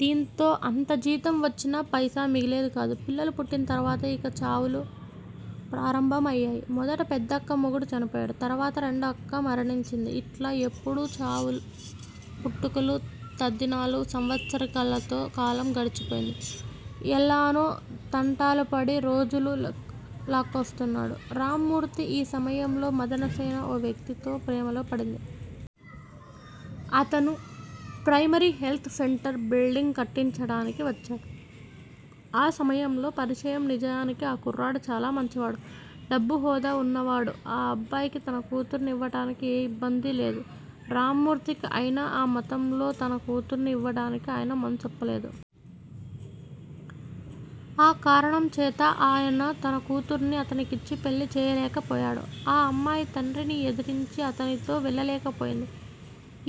దీంతో అంత జీతం వచ్చినా పైసా మిగిలేదికాదు. పిల్లలు పుట్టిన తర్వాత ఇక చావులు ప్రారంభమయ్యాయి. మొదట పెద్దక్క మొగుడు చనిపోయాడు. తరువాత రెండో అక్క మరణించింది. ఇట్లా ఎప్పుడూ చావులు, పుట్టుకలు, తద్దినాలు, సంవత్సరీకాలతో కాలం గడిచిపోయింది. ఎల్లానో తంటాలుపడి రోజులు లాక్కొస్తున్నాడు. రామ్మూర్తి ఈ సమయంలో మదనసేన ఓ వ్యక్తితో ప్రేమలో పడింది. అతను ప్రైమరి హెల్త్ సెంటర్ బిల్డింగ్ కట్టించడానికి వచ్చాడు. ఆ సమయంలో పరిచయం నిజానికి ఆ కుర్రాడు చాలా మంచివాడు. డబ్బూ, హోదా వున్నావాడు. ఆ అబ్బాయికి తన కూతుర్ని ఇవ్వడానికి ఏ ఇబ్బంది లేదు. రామ్మూర్తికి. అయినా ఆ మతంలో తన కూతుర్ని ఇవ్వడానికి ఆయన మనసొప్పలేదు. ఆ కారణంచేతే ఆయన తన కూతుర్ని అతనికిచ్చి పెళ్ళిచేయలేకపోయాడు. ఆ అమ్మాయి తండ్రిని ఎదిరించి అతనితో వెళ్ళలేకపోయింది.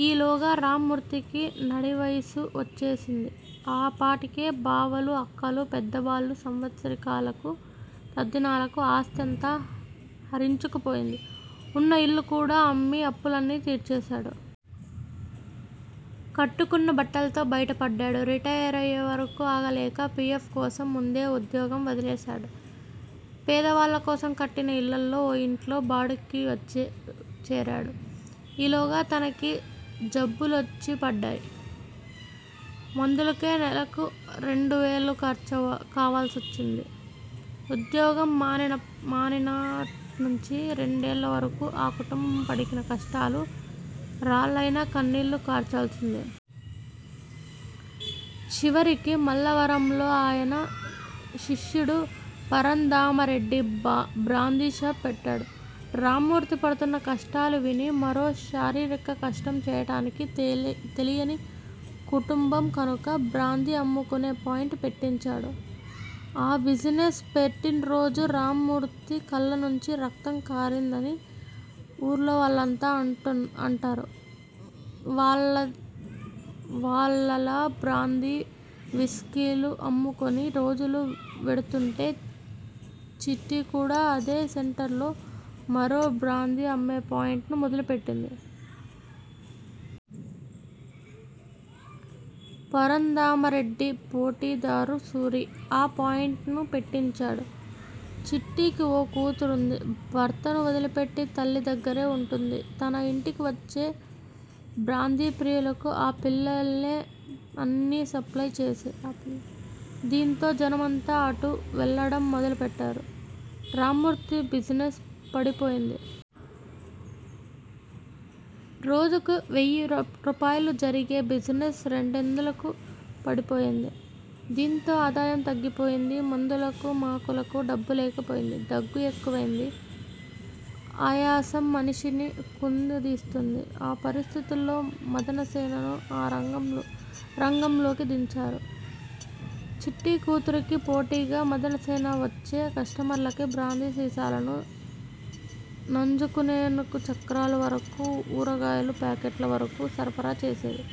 ఈలోగా రామ్మూర్తికి నడివయసు వచ్చేసింది. ఆ పాటికే బావలు, అక్కలు, పెద్దవాళ్ళ సంవత్సరీకాలకు, తద్దినాలకు ఆస్తి అంతా హరించుకుపోయింది. ఉన్న ఇల్లు కూడా అమ్మి అప్పులన్నీ తీర్చేశాడు. కట్టుకున్న బట్టలతో బయటపడ్డాడు. రిటైరయ్యేవరకు అగలేక పి. ఎఫ్. కోసం ముందే ఉద్యోగం వదిలేశాడు. పేదవాళ్ళకోసం కట్టిన ఇళ్ళలో ఓ ఇంట్లో బాడుక్కి వచ్చిచేరాడు. ఈలోగా తనకి జబ్బులొచ్చి పడ్డాయి. మందులకే నెలకు రెండువేలు ఖర్చు కావాల్సొచ్చింది. ఉద్యోగం మానినప మానిననుంచి రెండేళ్ళవరకు ఆ కుటుంబం పడిన కష్టాలకు రాళ్ళయినా కన్నీళ్ళు కార్చాల్సిందే. చివరికి మల్లవరంలో ఆయన శిష్యుడు పంరంధామరెడ్డి బా బ్రాంది షాపు పెట్టాడు. రామ్మూర్తి పడుతున్న కష్టాలు విని మరో శారీరక కష్టం చేయడానికి తెలియని కుటుంబం కనుక బ్రాంది అమ్ముకునే పాయింట్ పెట్టించాడు. ఆ బిజినెస్ పెట్టినరోజు రామ్మూర్తి కళ్ళనుంచి రక్తం కారిందని వూర్లోవాళ్ళంతా అంటూ అంటారు. వాళ్ల వాళ్ళలా బ్రాందీ, విస్కీలు, అమ్ముకుని రోజులు వెడుతుండే చిట్టి కూడా అదే సెంటర్ లో మరో బ్రాందీ అమ్మే పాయింట్ ను మొదలుపెట్టింది. పరంధామారెడ్డి పోటిదారు సూరీ ఆ పాయింట్ ను పెట్టంచాడు. చిట్టికి ఓ కూతురుంది. భర్తను వదిలిపెట్టి తల్లి దగ్గరే వుంటుంది. తన ఇంటికి వచ్చే బ్రాంది ప్రియులకు ఆ పిల్లలే అన్నీ సప్లయ్ చేసే. దీంతో జనమంతా అటూ వెళ్ళడం మొదలుపెట్టారు. రామ్మూర్తి బిజినెస్ పడిపోయింది. రోజుకి వెయ్యి రూ రూపాయలు జరిగే బిజినెస్ రెండొందలకు పడిపోయింది. దీంతో ఆదాయం తగ్గిపోయింది. మందులకు మాకులకు డబ్బులేకపోయింది. దగ్గు ఎక్కువయింది. ఆయాసం మనిషిని కుంగదీస్తోంది. ఆ పరిస్దితుల్లో మదనసేనను ఆ రంగంలో రంగంలోకి దించారు. చిట్టి కూతురికి పోటిగా మదనసేన వచ్చే కస్టమర్లకి బ్రాందీ సీసాలను నంజుకునేందు చక్రాల వరకు, ఊరగాయల ప్యాకెట్లవరకు, సరఫరా చేసేది.